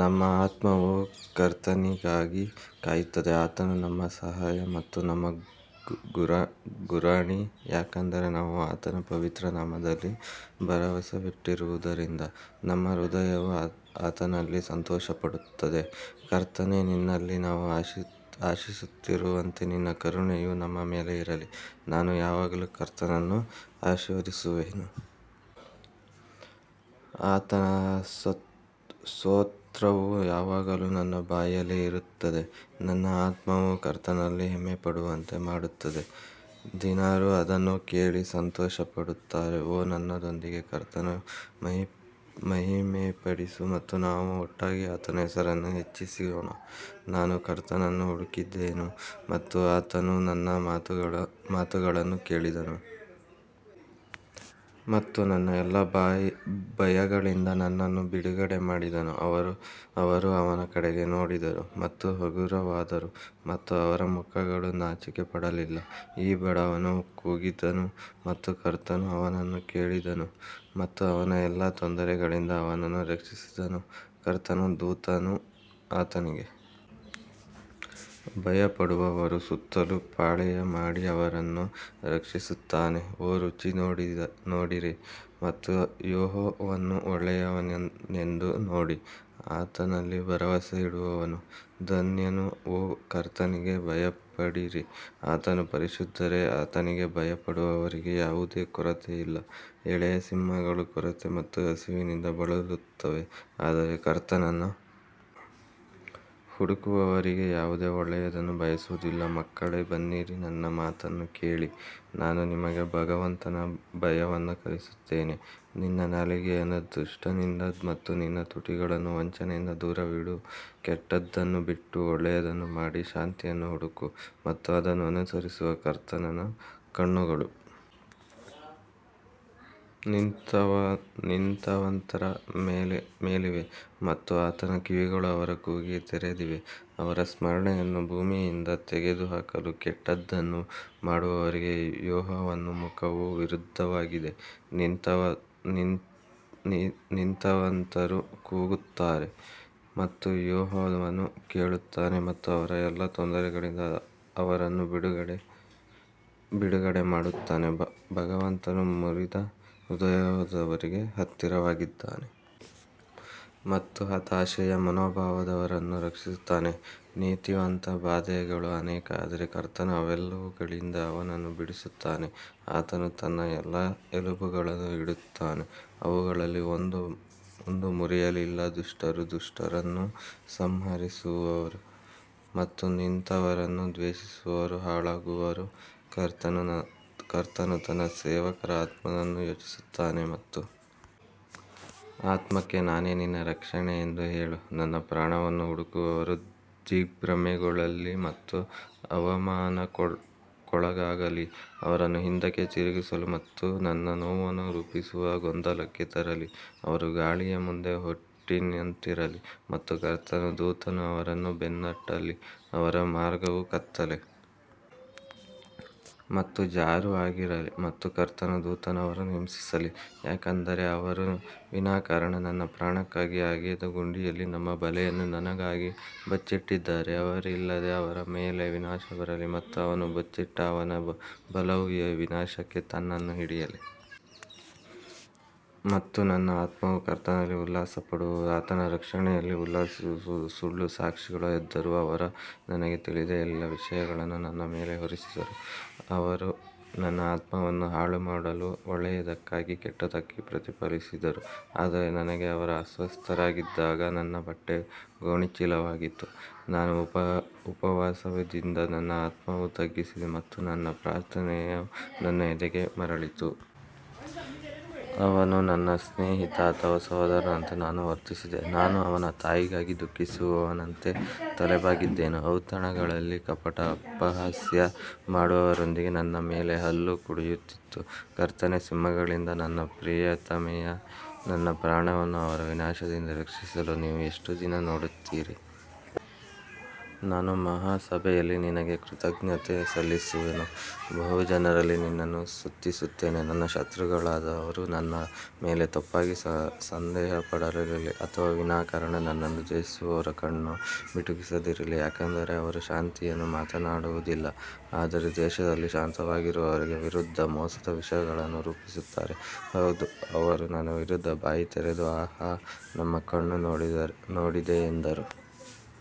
ನಮ್ಮ ಆತ್ಮವು ಕರ್ತನಿಗಾಗಿ ಕಾಯುತ್ತಿದೆ ಆತನು ನಮ್ಮ ಸಹಾಯ ಮತ್ತು ನಮ್ಮ ಗುರಾಣಿ ಯಾಕಂದರೆ ನಾವು ಆತನ ಪವಿತ್ರ ನಾಮದಲ್ಲಿ ಭರವಸವಿಟ್ಟಿರುವುದರಿಂದ ನಮ್ಮ ಹೃದಯವು ಆತನಲ್ಲಿ ಸಂತೋಷಪಡುತ್ತದೆ ಕರ್ತನೇ, ನಿನ್ನಲ್ಲಿ ನಾವು ಆಶಿಸುತ್ತಿರುವಂತೆ ನಿನ್ನ ಕರುಣೆಯು ನಮ್ಮ ಮೇಲೆ ಇರಲಿ ನಾನು ಯಾವಾಗಲೂ ಕರ್ತನನ್ನು ಆಶೀರ್ವದಿಸುವೆನು, ಆತನ ಸ್ತೋತ್ರವು ಯಾವಾಗಲೂ ನನ್ನ ಬಾಯಲ್ಲಿ ಇರುತ್ತದೆ ನನ್ನ ಆತ್ಮವು ಕರ್ತನಲ್ಲಿ ಹೆಮ್ಮೆಪಡುವಂತೆ ಮಾಡುತ್ತದೆ, ದೀನರು ಅದನ್ನು ಕೇಳಿ ಸಂತೋಷಪಡುತ್ತಾರೆ ಓ ನನ್ನೊಂದಿಗೆ ಕರ್ತನನ್ನು ಮಹಿಮೆಪಡಿಸು ಮತ್ತು ನಾವು ಒಟ್ಟಾಗಿ ಆತನ ಹೆಸರನ್ನು ಹೆಚ್ಚಿಸೋಣ ನಾನು ಕರ್ತನನ್ನು ಹುಡುಕಿದೆನು ಮತ್ತು ಆತನು ನನ್ನ ಮಾತುಗಳನ್ನು ಕೇಳಿದನು ಮತ್ತು ನನ್ನ ಎಲ್ಲಾ ಭಯಗಳಿಂದ ನನ್ನನ್ನು ಬಿಡುಗಡೆ ಮಾಡಿದನು ಅವರು ಅವನ ಕಡೆಗೆ ನೋಡಿದರು ಮತ್ತು ಹಗುರವಾದರು ಮತ್ತು ಅವರ ಮುಖಗಳು ನಾಚಿಕೆಪಡಲಿಲ್ಲ ಈ ಬಡವನು ಕೂಗಿದನು ಮತ್ತು ಕರ್ತನು ಅವನನ್ನು ಕೇಳಿದನು ಮತ್ತು ಅವನ ಎಲ್ಲಾ ತೊಂದರೆಗಳಿಂದ ಅವನನ್ನು ರಕ್ಷಿಸಿದನು ಕರ್ತನ ದೂತನು ಆತನಿಗೆ ಭಯಪಡುವವರ ಸುತ್ತಲೂ ಪಾಳೆಯ ಮಾಡಿ ಅವರನ್ನು ರಕ್ಷಿಸುತ್ತಾನೆ ಓ ರುಚಿ ನೋಡಿರಿ ಮತ್ತು ಯೆಹೋವನು ಒಳ್ಳೆಯವನೆಂದು ನೋಡಿ ಆತನಲ್ಲಿ ಭರವಸೆಯಿಡುವವನು ಧನ್ಯನು ಓ ಕರ್ತನಿಗೆ ಭಯಪಡಿರಿ, ಆತನ ಪರಿಶುದ್ಧರೇ ಆತನಿಗೆ ಭಯಪಡುವವರಿಗೆ ಯಾವುದೇ ಕೊರತೆಯಿಲ್ಲ ಎಳೆಯ ಸಿಂಹಗಳು ಕೊರತೆ ಮತ್ತು ಹಸಿವಿನಿಂದ ಬಳಲುತ್ತವೆ ಆದರೆ ಕರ್ತನನ್ನು ಹುಡುಕುವವರಿಗೆ ಯಾವುದೇ ಒಳ್ಳೆಯದನ್ನು ಬಯಸುವುದಿಲ್ಲ ಮಕ್ಕಳೇ ಬನ್ನಿರಿ ನನ್ನ ಮಾತನ್ನು ಕೇಳಿ ನಾನು ನಿಮಗೆ ಭಗವಂತನ ಭಯವನ್ನು ಕಲಿಸುತ್ತೇನೆ ನಿನ್ನ ನಾಲಿಗೆಯನ್ನು ದುಷ್ಟತನದಿಂದ ಮತ್ತು ನಿನ್ನ ತುಟಿಗಳನ್ನು ವಂಚನೆಯಿಂದ ದೂರವಿಡು ಕೆಟ್ಟದ್ದನ್ನು ಬಿಟ್ಟು ಒಳ್ಳೆಯದನ್ನು ಮಾಡಿ ಶಾಂತಿಯನ್ನು ಹುಡುಕು ಮತ್ತು ಅದನ್ನು ಅನುಸರಿಸು ಕರ್ತನ ಕಣ್ಣುಗಳು ನೀತಿವಂತರ ಮೇಲಿವೆ ಮತ್ತು ಆತನ ಕಿವಿಗಳು ಅವರ ಕೂಗಿಗೆ ತೆರೆದಿವೆ ಅವರ ಸ್ಮರಣೆಯನ್ನು ಭೂಮಿಯಿಂದ ತೆಗೆದುಹಾಕಲು ಕೆಟ್ಟದ್ದನ್ನು ಮಾಡುವವರಿಗೆ ಯೆಹೋವನ ಮುಖವು ವಿರುದ್ಧವಾಗಿದೆ ನೀತಿವಂತರು ಕೂಗುತ್ತಾರೆ ಮತ್ತು ಯೆಹೋವನು ಕೇಳುತ್ತಾನೆ ಮತ್ತು ಅವರ ಎಲ್ಲಾ ತೊಂದರೆಗಳಿಂದ ಅವರನ್ನು ಬಿಡುಗಡೆ ಮಾಡುತ್ತಾನೆ ಭಗವಂತನು ಮುರಿದ ಹೃದಯದವರಿಗೆ ಹತ್ತಿರವಾಗಿದ್ದಾನೆ ಮತ್ತು ಹತಾಶೆಯ ಮನೋಭಾವದವರನ್ನು ರಕ್ಷಿಸುತ್ತಾನೆ ನೀತಿವಂತನ ಬಾಧೆಗಳು ಅನೇಕ ಆದರೆ ಕರ್ತನು ಅವೆಲ್ಲವುಗಳಿಂದ ಅವನನ್ನು ಬಿಡಿಸುತ್ತಾನೆ ಆತನು ತನ್ನ ಎಲ್ಲಾ ಎಲುಬುಗಳನ್ನು ಇಡುತ್ತಾನೆ ಅವುಗಳಲ್ಲಿ ಒಂದೂ ಮುರಿಯಲಿಲ್ಲ ದುಷ್ಟರು ದುಷ್ಟರನ್ನು ಸಂಹರಿಸುವರು ಮತ್ತು ನೀತಿವಂತರನ್ನು ದ್ವೇಷಿಸುವವರು ಹಾಳಾಗುವರು ಕರ್ತನು ತನ್ನ ಸೇವಕರ ಆತ್ಮವನ್ನು ವಿಮೋಚಿಸುತ್ತಾನೆ ಮತ್ತು ಆತ್ಮಕ್ಕೆ ನಾನೇ ನಿನ್ನ ರಕ್ಷಣೆ ಎಂದು ಹೇಳು ನನ್ನ ಪ್ರಾಣವನ್ನು ಹುಡುಕುವವರು ದಿಗ್ಭ್ರಮೆಗೊಳ್ಳಲಿ ಮತ್ತು ಅವಮಾನಕ್ಕೊಳಗಾಗಲಿ, ಅವರನ್ನು ಹಿಂದಕ್ಕೆ ತಿರುಗಿಸಲಿ ಮತ್ತು ನನ್ನ ನೋವನ್ನು ರೂಪಿಸುವ ಗೊಂದಲಕ್ಕೆ ತರಲಿ ಅವರು ಗಾಳಿಯ ಮುಂದೆ ಹೊಟ್ಟಿನಂತಿರಲಿ ಮತ್ತು ಕರ್ತನ ದೂತನು ಅವರನ್ನು ಬೆನ್ನಟ್ಟಲಿ ಅವರ ಮಾರ್ಗವು ಕತ್ತಲೆ ಮತ್ತು ಜಾರು ಆಗಿರಲಿ ಮತ್ತು ಕರ್ತನ ದೂತನು ಅವರನ್ನು ಹಿಂಸಿಸಲಿ ಯಾಕಂದರೆ ಅವರು ವಿನಾಕಾರಣ ನನ್ನ ಪ್ರಾಣಕ್ಕಾಗಿ ಅಗೆದ ಗುಂಡಿಯಲ್ಲಿ ತಮ್ಮ ಬಲೆಯನ್ನು ನನಗಾಗಿ ಬಚ್ಚಿಟ್ಟಿದ್ದಾರೆ ಅರಿವಿಲ್ಲದೆ ಅವನ ಮೇಲೆ ವಿನಾಶ ಬರಲಿ ಮತ್ತು ಅವನು ಬಚ್ಚಿಟ್ಟ ಅವನ ಬಲವು ಆ ವಿನಾಶಕ್ಕೆ ತನ್ನನ್ನು ಹಿಡಿಯಲಿ ಮತ್ತು ನನ್ನ ಆತ್ಮವು ಕರ್ತನಲ್ಲಿ ಉಲ್ಲಾಸಪಡುವದು ಆತನ ರಕ್ಷಣೆಯಲ್ಲಿ ಉಲ್ಲಾಸಿಸುವದು ಸುಳ್ಳು ಸಾಕ್ಷಿಗಳು ಎದ್ದರು, ಅವರು ನನಗೆ ತಿಳಿದಿಲ್ಲದ ವಿಷಯಗಳನ್ನು ನನ್ನ ಮೇಲೆ ಹೊರಿಸಿದರು ಅವರು ನನ್ನ ಆತ್ಮವನ್ನು ಹಾಳುಮಾಡಲು ಒಳ್ಳೆಯದಕ್ಕಾಗಿ ಕೆಟ್ಟದ್ದನ್ನು ಪ್ರತಿಫಲಿಸಿದರು ಆದರೆ ನನಗೆ ಅವರು ಅಸ್ವಸ್ಥರಾಗಿದ್ದಾಗ ನನ್ನ ಬಟ್ಟೆ ಗೋಣಿಚೀಲವಾಗಿತ್ತು, ನಾನು ಉಪವಾಸದಿಂದ ನನ್ನ ಆತ್ಮವನ್ನು ತಗ್ಗಿಸಿದೆ ಮತ್ತು ನನ್ನ ಪ್ರಾರ್ಥನೆಯು ನನ್ನ ಎದೆಗೆ ಮರಳಿತು. ಅವನು ನನ್ನ ಸ್ನೇಹಿತ ಅಥವಾ ಸಹೋದರನಂತೆ ನಾನು ವರ್ತಿಸಿದೆ, ನಾನು ಅವನ ತಾಯಿಗಾಗಿ ದುಃಖಿಸುವವನಂತೆ ತಲೆಬಾಗಿದ್ದೇನೆ ಔತಣಗಳಲ್ಲಿ ಕಪಟ ಅಪಹಾಸ್ಯ ಮಾಡುವವರೊಂದಿಗೆ ನನ್ನ ಮೇಲೆ ಹಲ್ಲು ಕಡಿಯುತ್ತಿದ್ದರು ಕರ್ತನೇ, ಸಿಂಹಗಳಿಂದ ನನ್ನ ಪ್ರಿಯತಮೆಯೇ, ನನ್ನ ಪ್ರಾಣವನ್ನು ಅವರ ವಿನಾಶದಿಂದ ರಕ್ಷಿಸಲು ನೀವು ಎಷ್ಟು ದಿನ ನೋಡುತ್ತೀರಿ ನಾನು ಮಹಾಸಭೆಯಲ್ಲಿ ನಿನಗೆ ಕೃತಜ್ಞತೆ ಸಲ್ಲಿಸುವೆನು, ಬಹುಜನರಲ್ಲಿ ನಿನ್ನನ್ನು ಸ್ತುತಿಸುತ್ತೇನೆ ನನ್ನ ಶತ್ರುಗಳಾದವರು ನನ್ನ ಮೇಲೆ ತಪ್ಪಾಗಿ ಸಂತೋಷಪಡದಿರಲಿ ಅಥವಾ ವಿನಾಕಾರಣ ನನ್ನನ್ನು ದ್ವೇಷಿಸುವವರು ಕಣ್ಣು ಮಿಟುಕಿಸದಿರಲಿ ಯಾಕಂದರೆ ಅವರು ಶಾಂತಿಯನ್ನು ಮಾತನಾಡುವುದಿಲ್ಲ ಆದರೆ ದೇಶದಲ್ಲಿ ಶಾಂತವಾಗಿರುವವರಿಗೆ ವಿರುದ್ಧವಾಗಿ ಮೋಸದ ವಿಷಯಗಳನ್ನು ರೂಪಿಸುತ್ತಾರೆ ಹೌದು ಅವರು ನನ್ನ ವಿರುದ್ಧ ಬಾಯಿ ತೆರೆದು ಆಹಾ ಆಹಾ ನಮ್ಮ ಕಣ್ಣು ನೋಡಿದೆ ಎಂದರು.